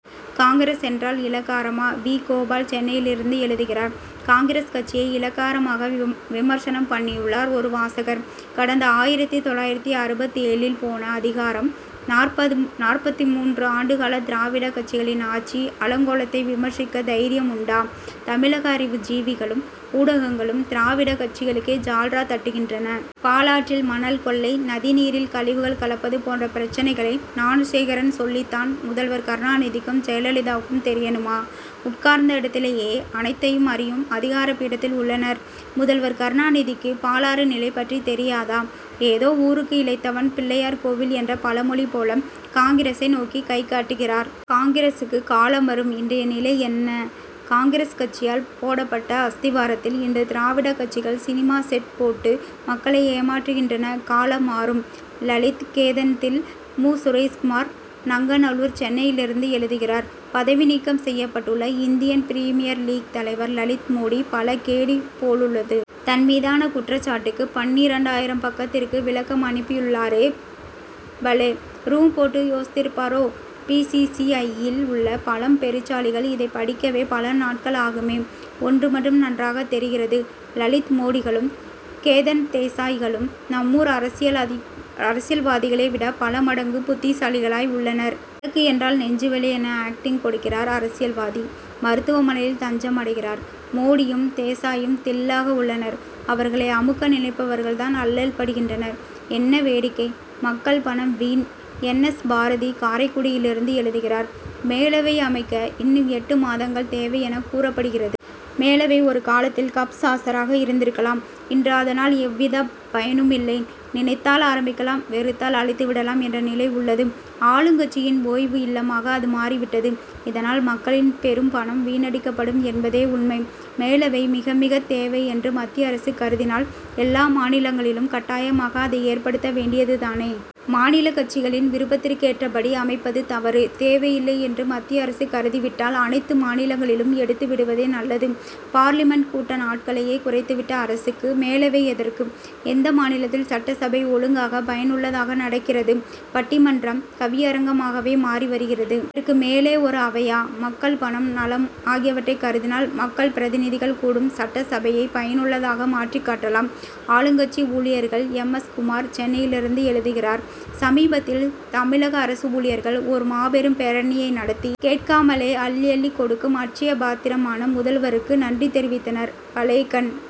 காங்கிரஸ் என்றால் இளக்காரமா? வி. கோபால், சென்னையிலிருந்து எழுதுகிறார் காங்கிரஸ் கட்சியை இளக்காரமாக, விமர்சனம் பண்ணியுள்ளார் ஒரு வாசகர். கடந்த ஆயிரத்து தொள்ளாயிரத்து அறுபத்தேழில் போன அதிகாரம், நாற்பத்து மூன்று ஆண்டுகால திராவிட கட்சிகளின் ஆட்சி அலங்கோலத்தை விமர்சிக்க தைரியம் உண்டா? தமிழக அறிவு ஜீவிகளும், ஊடகங்களும், திராவிடக் கட்சிகளுக்கே ஜால்ரா தட்டுகின்றன. பாலாற்றில் மணல் கொள்ளை, நதி நீரில் கழிவுகள் கலப்பது போன்ற பிரச்னைகளை ஞானசேகரன் சொல்லித் தான், முதல்வர் கருணாநிதிக்கும், ஜெயலலிதாவுக்கும் தெரியணுமா? உட்கார்ந்த இடத்திலேயே, அனைத்தையும் அறியும் அதிகார பீடத்தில் உள்ளனர். முதல்வர் கருணாநிதிக்கு, பாலாறு நிலை பற்றி தெரியாதா? ஏதோ ஊருக்கு இளைத்தவன் பிள்ளையார் கோவில் என்ற பழமொழி போல, காங்கிரசை நோக்கி கை காட்டுகிறார். காங்கிரசுக்கு காலம் வரும். இன்றைய நிலை என்ன? காங்கிரஸ் கட்சியால் போடப்பட்ட அஸ்திவாரத்தில், இன்று திராவிடக் கட்சிகள் சினிமா செட் போட்டு, மக்களை ஏமாற்றுகின்றனகாலம் மாறும். லலித், கேதன் தில்! மு. சுரேஷ்குமார், நங்கநல்லூர், சென்னையிலிருந்து எழுதுகிறார் பதவி நீக்கம் செய்யப்பட்டுள்ள இந்தியன் பிரிமியர் லீக் தலைவர் லலித் மோடி, பலே கேடி போலுள்ளது. தன் மீதான குற்றச்சாட்டுக்கு பன்னிரண்டாயிரம் பக்கத்திற்கு விளக்கம் அனுப்பியுள் ளாரே. பலேரூம் போட்டு யோசித்திருப்பாரோ? பி. சி. சி. ஐ.யில் உள்ள பழம் பெருச்சாளிகள் இதைப் படிக்கவே பல நாட்கள் ஆகுமே. ஒன்று மட்டும் நன்றாகத் தெரிகிறது. லலித் மோடிகளும், கேதன் தேசாய்களும், நம்மூர் ஆரசியல்லாதி அரசியல்வாதிகளை விட, பல மடங்கு புத்திசாலிகளாய் உள்ளனர். வழக்கு என்றால் நெஞ்சு வலி என ஆக்டிங் கொடுக்கிறார் அரசியல்வாதி; மருத்துவமனையில் தஞ்சம் அடைகிறார். மோடியும், தேசாயும், தில்'லாக உள்ளனர். அவர் களை அமுக்க நினைப்பவர்கள் தான் அல்லல்படுகின்றனர். என்ன வேடிக்கை? மக்கள் பணம் வீண்! என். எஸ். பாரதி, காரைக்குடியிலிருந்து எழுதுகிறார் மேலவை அமைக்க இன் னும் எட்டு மாதங்கள் தேவை' என கூறப்படுகிறது. மேலவை ஒரு காலத்தில், கப் சாசராக இருந்திருக்கலாம். இன்று, அதனால் எவ்விதப் பயனுமில்லை. நினைத்தால் ஆரம்பிக்கலாம்; வெறுத்தால் அழித்து விடலாம் என்ற நிலை உள்ளது. ஆளுங்கட்சியின் ஓய்வு இல்லமாக அது மாறிவிட்டது. இதனால், மக்களின் பெரும் பணம் வீணடிக் கப்படும் என்பதே உண்மை. மேலவை மிகமிகத் தேவை என்று மத்திய அரசு கருதினால், எல்லா மாநிலங்களிலும் கட்டாயமாக அதை ஏற்படுத்த வேண்டியது தானே. மாநிலக் கட்சிகளின் விருப்பதிற்கேற்றபடி அமைப்பது தவறு. தேவையில்லை என்று மத்திய அரசு கருதிவிட்டால், அனைத்து மாநிலங்களிலும் எடுத்து விடுவதே நல்லது. பார்லிமென்ட் கூட்ட நாட்களையே குறைத்துவிட்ட அரசுக்கு, மேலவை எதற்கு? எந்த மாநிலத்தில் சட்டசபை ஒழுங்காக, பயனுள்ளதாக நடக்கிறது? பட்டிமன் றம், கவியரங்கமாகவே மாறி வருகிறது. இதற்கு மேலே ஒரு அவையா? மக்கள் பணம், நலம் ஆகியவற்றைக் கருதினால், மக்கள் பிரதிநிதிகள் கூடும் சட்டசபையை பயனுள்ளதாக மாற்றிக் காட்டலாம். ஆளுங்கட்சி ஊழியர்கள்! எம். எஸ். குமார், சென்னையிலிருந்து எழுதுகிறார் சமீபத்தில் தமிழக அரசு ஊழியர்கள், ஓர் மாபெரும் பேரணியை நடத்தி, கேட்காமலே அள்ளி, அள்ளிக் கொடுக்கும் அட்சய பாத்திரமான முதல்வருக்கு நன்றி தெரிவித்தனர் பலேகண்